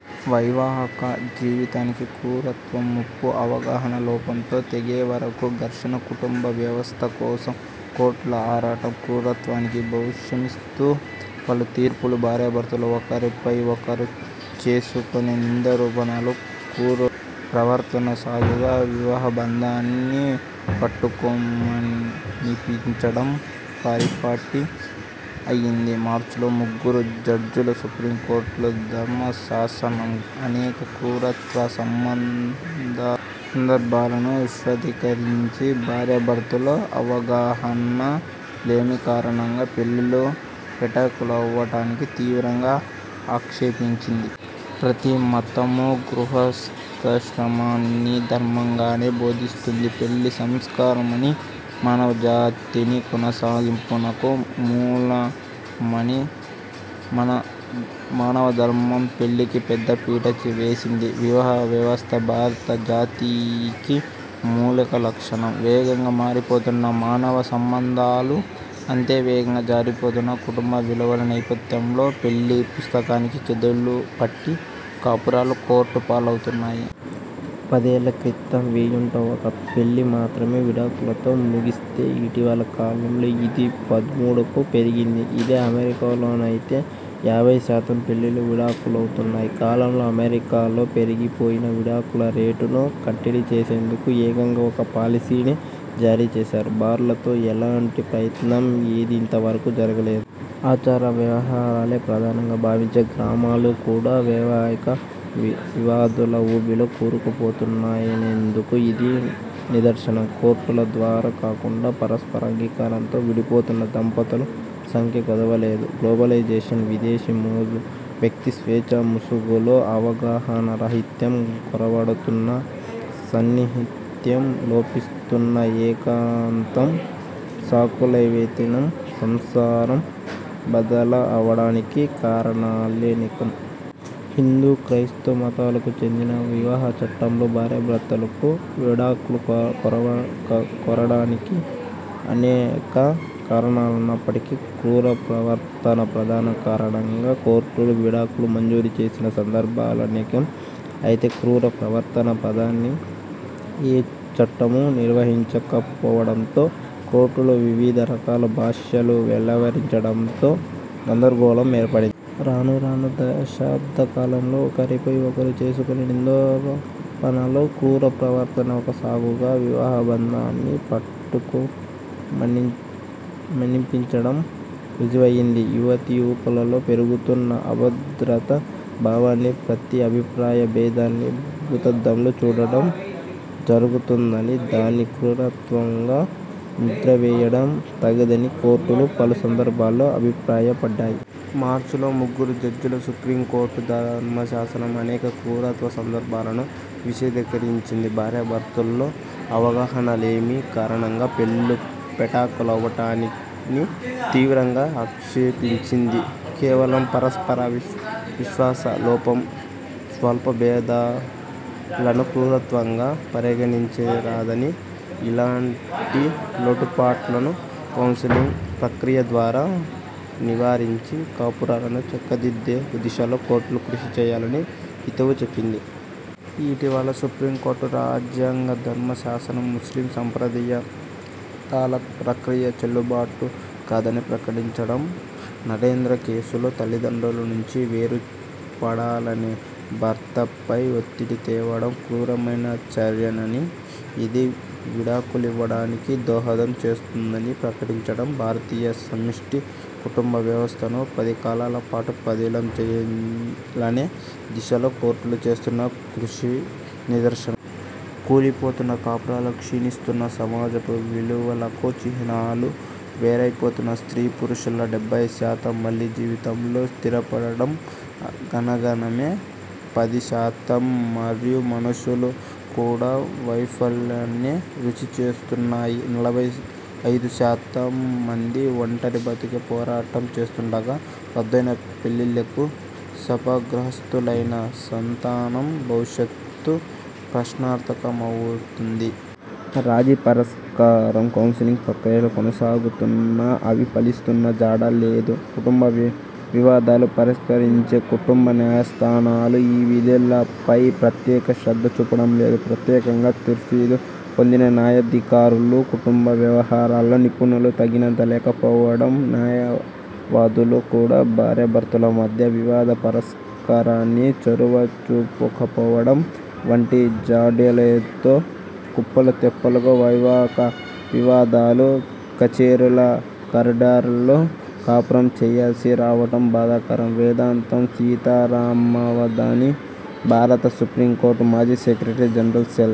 వైవాహిక జీవితానికి 'క్రూరత్వం' ముప్పు అవగాహన లోపంతో తెగేవరకు ఘర్షణ కుటుంబ వ్యవస్థ కోసం కోర్టుల ఆరాటం క్రూరత్వానికి భాష్యమిస్తూ పలు తీర్పులు భార్యాభర్తలు ఒకరిపై ఒకరు చేసుకునే నిందారోపణల్లో 'క్రూర ప్రవర్తన' సాకుగా వివాహబంధాన్ని పుటుక్కుమనిపించడం పరిపాటి అయ్యింది. మార్చిలో ముగ్గురు జడ్జీల సుప్రీంకోర్టు ధర్మాసనం అనేక 'క్రూరత్వ' సందర్భాలను విశదీకరించి, భార్యాభర్తల్లో అవగాహనాలేమి కారణంగా పెళ్లిళ్లు పెటాకులవటాన్ని తీవ్రంగా ఆక్షేపించింది. ప్రతి మతమూ గృహస్థాశ్రమాన్ని ధర్మంగానే బోధిస్తుంది. పెళ్లి సంస్కారమనీ, మానవజాతి కొనసాగింపునకు మూలమనీ మానవధర్మం పెళ్లికి పెద్దపీట వేసింది. వివాహ వ్యవస్థ భారత జాతికి మౌలిక లక్షణం. వేగంగా మారిపోతున్న మానవ సంబంధాలూ, అంతే వేగంగా జారిపోతున్న కుటుంబ విలువల నేపథ్యంలో పెళ్లి పుస్తకానికి చెదలుపట్టి కాపురాలు కోర్టు పాలవుతున్నాయి. పదేళ్ల క్రితం వెయ్యింట ఒక్క పెళ్లి మాత్రమే విడాకులతో ముగిస్తే, ఇటీవల కాలంలో ఇది పదమూడుకు పెరిగింది. ఇదే అమెరికాలోనైతే ఏభై శాతం పెళ్లిళ్లు విడాకులవుతున్నాయి. కాలంలో అమెరికాలో పెరిగిపోయిన విడాకుల రేటును కట్టడి చేసేందుకు ఏకంగా ఒక పాలసీనే జారీచేశారు. బార్లాత్లో అలాంటి ప్రయత్నం ఏదీ ఇంతవరకు జరుగలేదు. ఆచార వ్యవహారాలే ప్రధానంగా భావించే గ్రామాలు కూడా వైవాహిక వివా ధుల ఊబిలో కూరుకుపోతున్నాయనేందుకు ఇది నిదర్శనం. కోర్టుల ద్వారా కాకుండా పరస్పర అంగీకారంతో విడిపోతున్న దంపతుల సంఖ్యకు కొదవేలేదు. గ్లోబలైజేషన్, విదేశీ మోజు, వ్యక్తిస్వేచ్ఛ ముసుగులో అవగాహనా రాహిత్యం, కొరవడుతున్న సాన్నిహిత్యం, లోపిస్తున్న ఏకాంతం, సాకులేవైతేనేం సంసారం బద్దలవడానికి కారణాలనేకం. హిందూ, క్రైస్తవ మతాలకు చెందిన వివాహ చట్టాల్లో భార్యాభర్తలు విడాకులు కోరడానికి అనేకా కారణాలున్నప్పటికీ 'క్రూర ప్రవర్తన' ప్రధాన కారణంగా కోర్టులు విడాకులు మంజూరు చేసిన సందర్భాలనేకం. అయితే 'క్రూర ప్రవర్తన' పదాన్ని ఏ చట్టమూ నిర్వచించకపోవడంతో కోర్టులు వివిధ రకాల భాష్యాలు వెలువరించడంతో గందరగోళం ఏర్పడింది. రాను రాను దశాబ్ద కాలం లో ఒకరిపై ఒకరు చేసుకునే నిందారోపణల్లో 'క్రూర ప్రవర్తన' ఒక సాకుగా వివాహబంధాన్ని పుటుక్కుమనిపించడం రుజువయ్యింది. యువతీ యువకుల్లో పెరుగుతున్న అభద్రతా భావాన్నీ, ప్రతి అభిప్రాయ భేదాన్నీ భూతద్దంలో చూపడం జరుగుతోందనీ, దాని క్రూరత్వంగా ముద్రవేయడం తగదనీ కోర్టులు పలు సందర్భాల్లో అభిప్రాయపడ్డాయి. మార్చిలో ముగ్గురు జడ్జీల సుప్రీంకోర్టు ధర్మా షాసనం అనేక 'క్రూరత్వ' సందర్భాలను విశదీకరించి, భార్యాభర్తల్లో అవగాహనాలేమి కారణంగా పెళ్లిళ్లు పెటాకులవటాన్ని తీవ్రంగా ఆక్షేపించింది. కేవలం పరస్పర విశ్వాస లోపం, స్వల్ప విభేదాలను 'క్రూరత్వం'గా పరిగణించరాదనీ ఇలాంటి లోటుపాట్లను కౌన్సెలింగ్ ప్రక్రియ ద్వారా నివారించి కాపురాలను చక్కదిద్దే దిశలో కోర్టులు కృషి చేయాలనీ హితవు చెప్పింది. ఇటీవల సుప్రీంకోర్టు రాజ్యాంగ ధర్మా షాసనం ముస్లిం సంప్రదాయ 'తలాక్' ప్రక్రియ చెల్లుబాటు కాదని ప్రకటించడం, 'నరేంద్ర' కేసులో తల్లిదండ్రుల నుంచి వేరు పడాలని భర్తపై ఒత్తిడి తేవడం క్రూరమైన చర్యేననీ, ఇది విడాకులివ్వడానికి దోహదం చేస్తుందనీ ప్రకటించడం, భారతీయ సమిష్టి కుటుంబ వ్యవస్థను పదికాలాల పాటు పదిలం చేయాలనే దిశలో కోర్టులు చేస్తున్న కృషికి నిదర్శనం. కూలిపోతున్న కాపురాలు క్షీణిస్తున్న సమాజపు విలువలకు చిహ్నాలు. వేరైపోతున్న స్ర్తీ పురుషుల్లో డెబ్బై శాతం మళ్లీ జీవితంలో స్థిరపడడం కనాగనమే. పది శాతం మారు మనువులు కూడా వైఫల్యాన్నే రుచి చూస్తున్నాయి. నలభై ఐదు శాతం మంది ఒంటరి బతుకు పోరాటం చేస్తుండగా, రద్దయిన పెళ్లికి శాపగ్రస్తులైన సంతానం భవిష్యత్ ప్రశ్నార్థకమవుతోంది. రాజీ పరిష్కారం, కౌన్సెలింగ్ ప్రక్రియలు కొనసాగుతున్నా అవి ఫలిస్తున్న జాడలేదు. కుటుంబ వివాదాలు పరిష్కరించే కుటుంబ న్యాయస్థానాలు ఈ వివాదాలపై ప్రత్యేక శ్రద్ధ చూపడం లేదు. ప్రత్యేకంగా తర్ఫీదు పొందిన న్యాయాధికారులూ, కుటుంబ వ్యవహారాల్లో నిపుణులూ తగినంతగా లేకపోవటం, న్యాయవాదులు కూడా భార్యాభర్తల మధ్య వివాద పరిష్కారానికి చొరవ చూపకపోవడం వంటి జాడ్యాలతో కుప్పలు తెప్పలుగా వైవాహిక వివాదాలు కచ్చేరీల కారిడార్లలో కాపురం చేయాల్సి రావటం బాధాకరం. వేదాంతం సీతారామావధాని, భారత సుప్రీంకోర్టు మాజీ సెక్రటరీ జనరల్, సెల్